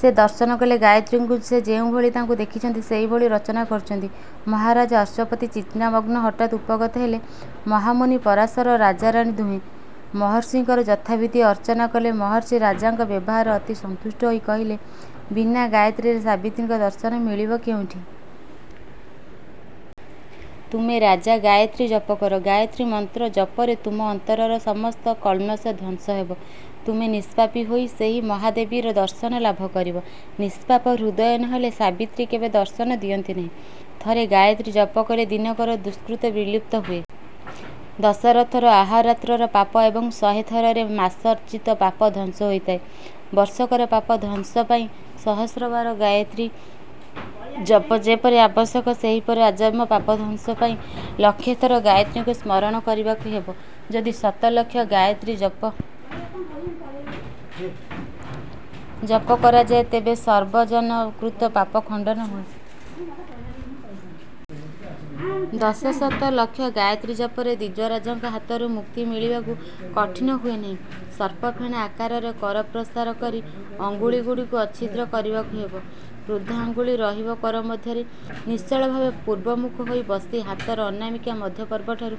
ସେ ଦର୍ଶନ କଲେ ଗାୟତ୍ରୀଙ୍କୁ। ସେ ଯେଉଁଭଳି ତାଙ୍କୁ ଦେଖିଛନ୍ତି ସେହିଭଳି ରଚନା କରିଛନ୍ତି। ମହାରାଜ ଅଶ୍ୱପତି ଚିନ୍ତାମଗ୍ନ। ହଠାତ୍ ଉପଗତ ହେଲେ ମହାମୁନି ପରାଶର। ରାଜାରାଣୀ ଦୁହେଁ ମହର୍ଷିଙ୍କର ଯଥାବିଧି ଅର୍ଚ୍ଚନା କଲେ। ମହର୍ଷି ରାଜାଙ୍କ ବ୍ୟବହାରରେ ଅତି ସନ୍ତୁଷ୍ଟ ହୋଇ କହିଲେ, ବିନା ଗାୟତ୍ରୀରେ ସାବିତ୍ରୀଙ୍କ ଦର୍ଶନ ମିଳିବ କେଉଁଠୁ-? ତୁମେ ରାଜା ଗାୟତ୍ରୀ ଜପ କର। ଗାୟତ୍ରୀ ମନ୍ତ୍ର ଜପରେ ତୁମ ଅନ୍ତରର ସମସ୍ତ କଳ୍ମଷ ଧ୍ୱଂସ ହେବ। ତୁମେ ନିଷ୍ପାପି ହୋଇ ସେହି ମହାଦେବୀର ଦର୍ଶନ ଲାଭ କରିବ। ନିଷ୍ପାପ ହୃଦୟ ନହେଲେ ସାବିତ୍ରୀ କେବେ ଦର୍ଶନ ଦିଅନ୍ତି ନାହିଁ। ଥରେ ଗାୟତ୍ରୀ ଜପକଲେ ଦିନକର ଦୁଷ୍କୃତ ବିଲୁପ୍ତ ହୁଏ। ଦଶଥରରେ ଅହୋରାତ୍ରର ପାପ ଏବଂ ଶହେଥରରେ ମାସାର୍ଜିତ ପାପ ଧ୍ୱଂସ ହୋଇଥାଏ। ବର୍ଷକର ପାପ ଧ୍ୱଂସ ପାଇଁ ସହସ୍ରବାର ଗାୟତ୍ରୀ ଜପ ଯେପରି ଆବଶ୍ୟକ ସେହିପରି ଆଜନ୍ମ ପାପଧ୍ୱଂସ ପାଇଁ ଲକ୍ଷେଥର ଗାୟତ୍ରୀଙ୍କୁ ସ୍ମରଣ କରିବାକୁ ହେବ। ଯଦି ଶତଲକ୍ଷ ଗାୟତ୍ରୀ ଜପ କରାଯାଏ ତେବେ ସର୍ବଜନକୃତ ପାପ ଖଣ୍ଡନ ହୁଏ। ଦଶଶତ ଲକ୍ଷ ଗାୟତ୍ରୀ ଜପରେ ଦ୍ୱିଜରାଜଙ୍କ ହାତରୁ ମୁକ୍ତି ମିଳିବାକୁ କଠିନ ହୁଏ ନାହିଁ। ସର୍ପଫେଣା ଆକାରରେ କର ପ୍ରସାର କରି ଅଙ୍ଗୁଳିଗୁଡ଼ିକୁ ଅଛିଦ୍ର କରିବାକୁ ହେବ। ବୃଦ୍ଧାଙ୍ଗୁଳି ରହିବ କର ମଧ୍ୟରେ। ନିଶ୍ଚଳଭାବେ ପୂର୍ବମୁଖ ହୋଇ ବସି ହାତର ଅନାମିକା ମଧ୍ୟପର୍ବଠାରୁ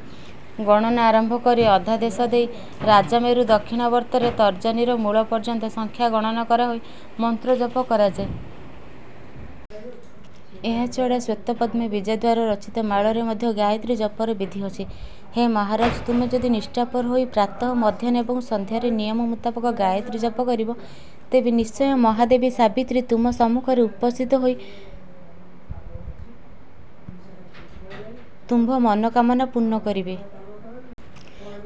ଗଣନା ଆରମ୍ଭ କରି ଅଧୋଦେଶ ଦେଇ ରାଜମେରୁ ଦକ୍ଷିଣାବର୍ତ୍ତରେ ତର୍ଜନୀର ମୂଳ ପର୍ଯ୍ୟନ୍ତ ସଂଖ୍ୟା ଗଣନା କରାହୋଇ ମନ୍ତ୍ର ଜପ କରାଯାଏ। ଏହାଛଡ଼ା ଶ୍ୱେତପଦ୍ମ ବୀଜଦ୍ୱାରା ରଚିତ ମାଳାରେ ମଧ୍ୟ ଗାୟତ୍ରୀ ଜପର ବିଧି ଅଛି। ହେ ମହାରାଜ! ତୁମେ ଯଦି ନିଷ୍ଠାପର ହୋଇ ପ୍ରାତଃ, ମଧ୍ରାହ୍ନ ଏବଂ ସଂନ୍ଧ୍ୟାରେ ନିୟମ ମୁତାବକ ଗାୟତ୍ରୀ ଜପ କରିବ ତେବେ ନିଶ୍ଚୟ ମହାଦେବୀ ସାବିତ୍ରୀ ତୁମ ସମ୍ମୁଖରେ ଉପସ୍ଥିତ ହୋଇ ତୁମ୍ଭ ମନୋକାମନା ପୂର୍ଣ୍ଣ କରିବେ।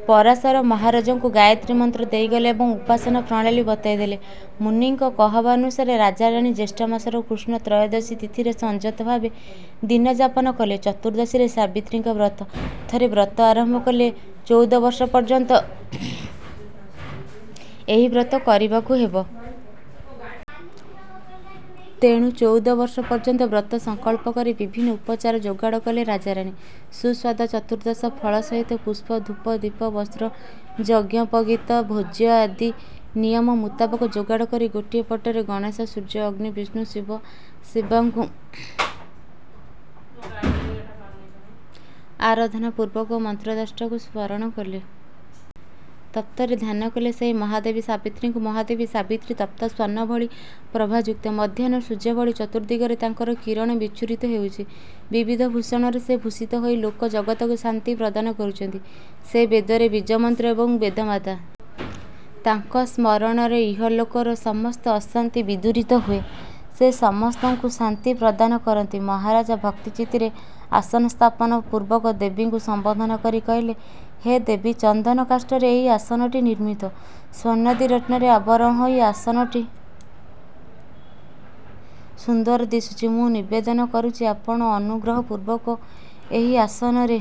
ପରାଶର ମହାରାଜଙ୍କୁ ଗାୟତ୍ରୀ ମନ୍ତ୍ର ଦେଇଗଲେ ଏବଂ ଉପାସନା ପ୍ରଣାଳୀ ବତାଇ ଦେଲେ। ମୁନିଙ୍କ କହିବାନୁସାରେ ରାଜା ରାଣୀ ଜ୍ୟେଷ୍ଠ ମାସର କୃଷ୍ଣ ତ୍ରୟୋଦଶୀ ତିଥିରେ ସଂଯତ ଭାବେ ଦିନଯାପନ କଲେ। ଚତୁର୍ଦ୍ଦଶୀରେ ସାବିତ୍ରୀଙ୍କ ବ୍ରତ। ଥରେ ବ୍ରତ ଆରମ୍ଭ କଲେ ଚଉଦ ବର୍ଷ ପର୍ଯ୍ୟନ୍ତ ଏହି ବ୍ରତ କରିବାକୁ ହେବ। ତେଣୁ ଚଉଦ ବର୍ଷ ପର୍ଯ୍ୟନ୍ତ ବ୍ରତ ସଂକଳ୍ପ କରି ବିଭିନ୍ନ ଉପଚାର ଯୋଗାଡ଼ କଲେ ରାଜାରାଣୀ। ସୁସ୍ୱାଦୁ ଚତୁର୍ଦ୍ଦଶ ଫଳ ସହିତ ପୁଷ୍ପ, ଧୂପ, ଦୀପ, ବସ୍ତ୍ର, ଯଜ୍ଞୋପବୀତ, ଭୋଜ୍ୟ ଆଦି ନିୟମ ମୁତାବକ ଯୋଗାଡ଼ କରି ଗୋଟିଏ ପଟରେ ଗଣେଣ, ସୂର୍ଯ୍ୟ, ଅଗ୍ନି, ବିଷ୍ଣୁ, ଶିବ, ଶିବାଙ୍କୁ ଆରାଧନା ପୂର୍ବକ ମନ୍ତ୍ରଦ୍ରଷ୍ଟାଙ୍କୁ ସ୍ମରଣ କଲେ। ତତ୍ପରେ ଧ୍ୟାନକଲେ ସେହି ମହାଦେବୀ ସାବିତ୍ରୀଙ୍କୁ। ମହାଦେବୀ ସାବିତ୍ରୀ ତପ୍ତ ସ୍ୱର୍ଣ୍ଣ ଭଳି ପ୍ରଭାଯୁକ୍ତା। ମଧ୍ୟାହ୍ନ ସୂର୍ଯ୍ୟ ଭଳି ଚତୁର୍ଦ୍ଦିଗରେ ତାଙ୍କର କିରଣ ବିଚ୍ଛୁରିତ ହେଉଛି। ବିବିଧ ଭୂଷଣରେ ସେ ଭୂଷିତା ହୋଇ ଲୋକ ଜଗତକୁ ଶାନ୍ତି ପ୍ରଦାନ କରୁଛନ୍ତି। ସେ ବେଦର ବୀଜମନ୍ତ୍ର ଏବଂ ବେଦମାତା। ତାଙ୍କ ସ୍ମରଣରେ ଇହ ଲୋକର ସମସ୍ତ ଅଶାନ୍ତି ବିଦୂରିତ ହୁଏ। ସେ ସମସ୍ତଙ୍କୁ ଶାନ୍ତି ପ୍ରଦାନ କରନ୍ତି। ମହାରାଜ ଭକ୍ତି ଚିତ୍ତରେ ଆସନ ସ୍ଥାପନ ପୂର୍ବକ ଦେବୀଙ୍କୁ ସମ୍ୱୋଧନ କରି କହିଲେ-ହେ ଦେବୀ! ଚନ୍ଦନ କାଷ୍ଠରେ ଏ ଆସନଟି ନିର୍ମିତ। ସ୍ୱର୍ଣ୍ଣାଦି ରତ୍ନରେ ଆଭରଣ ହୋଇ ଆସନଟି ସୁନ୍ଦର ଦିଶୁଛି। ମୁଁ ନିବେଦନ କରୁଛି ଆପଣ ଅନୁଗ୍ରହପୂର୍ବକ ଏହି ଆସନରେ